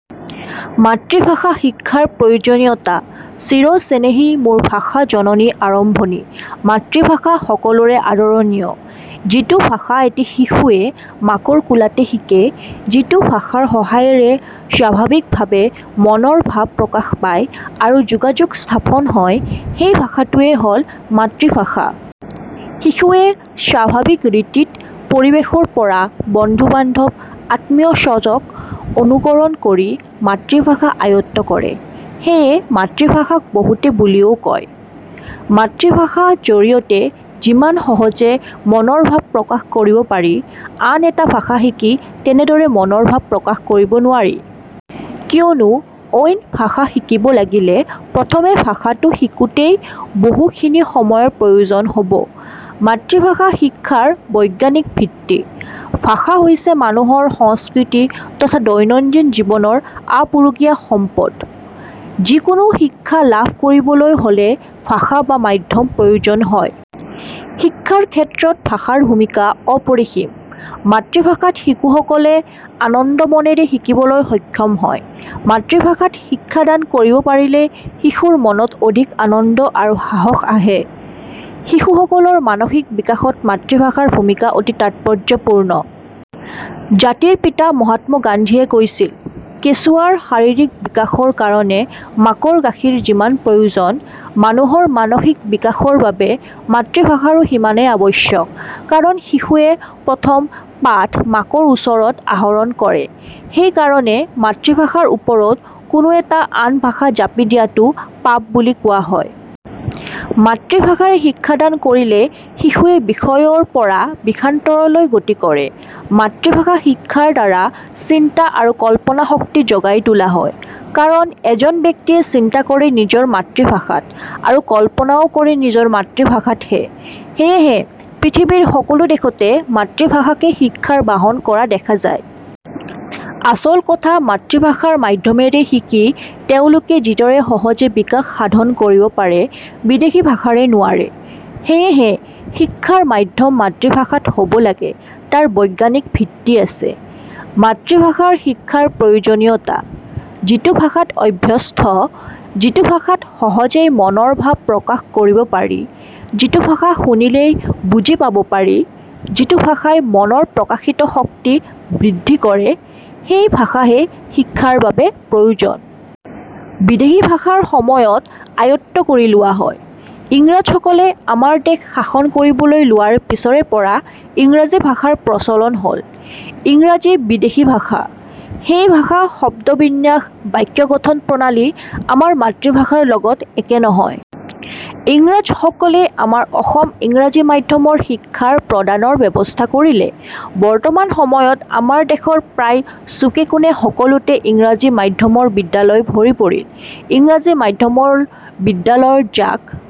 মাতৃভাষা শিক্ষাৰ প্ৰয়োজনীয়তা " চিৰ চেনেহী মোৰ ভাষা জননী" আৰম্ভণি – মাতৃভাষা সকলোৰে আদৰণীয়। যিটো ভাষা এটি শিশুৱে মাকৰ কোলাতে শিকে, যিটো ভাষাৰ সহায়েৰে স্বাভাৱিক ভাৱে মনৰ ভাৱ প্ৰকাশ পায় আৰু যোগাযোগ স্থাপন হয় সেই ভাষাটোৱে হল মাতৃভাষা। শিশুৱে স্বাভাৱিক ৰীতিত পৰিৱেশৰ পৰা, বন্ধু – বান্ধব, আত্মীয়স্বজক অনুকৰণ কৰি মাতৃভাষা আয়ত্ব কৰে। সেয়ে মাতৃভাষাক বহুতে বুলিও কয়। মাতৃভাষা জৰিয়তে যিমান সহজে মনৰ ভাৱ প্ৰকাশ কৰিব পাৰি আন এটা ভাষা শিকি তেনেদৰে মনৰ ভাৱ প্ৰকাশ কৰিব নোৱাৰি। কিয়নো অইন ভাষা শিকিব লাগিলে প্ৰথমে ভাষাটো শিকোতেই বহু খিনি সময়ৰ প্ৰয়োজন হব। মাতৃভাষা শিক্ষাৰ বৈজ্ঞানিক ভিত্তি – ভাষা হৈছে মানুহৰ সংস্কৃতি তথা দৈনন্দিন জীৱনৰ আপুৰুগীয়া সম্পদ। যিকোনো শিক্ষা লাভ কৰিবলৈ হলে ভাষা বা মাধ্যম প্ৰয়োজন হয়। শিক্ষাৰ ক্ষেত্ৰত ভাষাৰ ভূমিকা অপৰিসীম। মাতৃভাষাত শিশু সকলে আনন্দ মনেৰে শিকিবলৈ সক্ষম হয়। মাতৃভাষাত শিক্ষা দান কৰিব পাৰিলে শিশুৰ মনত অধিক আনন্দ আৰু সাহস আহে। শিশু সকলৰ মানসিক বিকাশত মাতৃভাষাৰ ভূমিকা অতি তাৎপৰ্যপূৰ্ণ। জাতিৰ পিতা মহাত্মা গান্ধীয়ে কৈছিল "কেঁচুৱাৰ শাৰীৰিক বিকাশৰ কাৰণে মাকৰ গাখীৰ যিমান প্ৰয়োজন, মানুহৰ মানসিক বিকাশৰ বাবে মাতৃভাষাৰো সিমানেই আৱশ্যক কাৰণ শিশুৱে প্ৰথম পাঠ মাকৰ ওচৰত আহৰণ কৰে। সেই কাৰণে মাতৃভাষাৰ ওপৰত কোনো এটা আন ভাষা জাপি দিয়াটো পাপ বুলি কোৱা হয়। " মাতৃভাষাৰে শিক্ষাদান কৰিলে শিশুৱে বিষয়ৰ পৰা বিষয়ান্তৰলৈ গতি কৰে। মাতৃভাষা শিক্ষাৰ দ্বাৰা চিন্তা আৰু কল্পনা শক্তি জগাই তোলা হয়। কাৰণ এজন ব্যক্তিয়ে চিন্তা কৰে নিজৰ মাতৃভাষাত আৰু কল্পনাও কৰে নিজৰ মাতৃভাষাতহে। সেইহে পৃথিৱীৰ সকলো দেশতে মাতৃভাষাকে শিক্ষাৰ বাহন কৰা দেখা যায়। আচল কথা মাতৃভাষাৰ মাধ্যমেৰে শিকি তেওঁলোকে যিদৰে সহজে বিকাশ সাধন কৰিব পাৰে বিদেশী ভাষাৰে নোৱাৰে। সেইহে শিক্ষাৰ মাধ্যম মাতৃভাষাত হব লাগে তাৰ বৈজ্ঞানিক ভিত্তি আছে। মাতৃভাষাৰ শিক্ষাৰ প্ৰয়োজনীয়তা – যিটো ভাষাত অভ্যস্ত, যিটো ভাষাত সহজেই মনৰ ভাৱ প্ৰকাশ কৰিব পাৰি, যিটো ভাষা শুনিলেই বুজি পাব পাৰি, যিটো ভাষাই মনৰ প্ৰকাশিত শক্তি বৃদ্ধি কৰে, সেই ভাষাহে শিক্ষাৰ বাবে প্ৰয়োজন। বিদেশী ভাষাৰ সময়ত আয়ত্ব কৰি লোৱা হয়। ইংৰাজ সকলে আমাৰ দেশ শাসন কৰিবলৈ লোৱাৰ পিছৰে পৰা ইংৰাজী ভাষাৰ প্ৰচলন হল। ইংৰাজী বিদেশী ভাষা। সেই ভাষা শব্দ বিন্যাস, বাক্য গঠন প্ৰণালী আমাৰ মাতৃভাষাৰ লগত একে নহয়। ইংৰাজ সকলে আমাৰ অসম ইংৰাজী মাধ্যমৰ শিক্ষাৰ প্ৰদানৰ ব্যৱস্থা কৰিলে। বৰ্তমান সময়ত আমাৰ দেশৰ প্ৰায় চুকে কোনে সকলোতে ইংৰাজী মাধ্যমৰ বিদ্যালয় ভৰি পৰিল। ইংৰাজী মাধ্যমৰ বিদ্যালয়ৰ জাক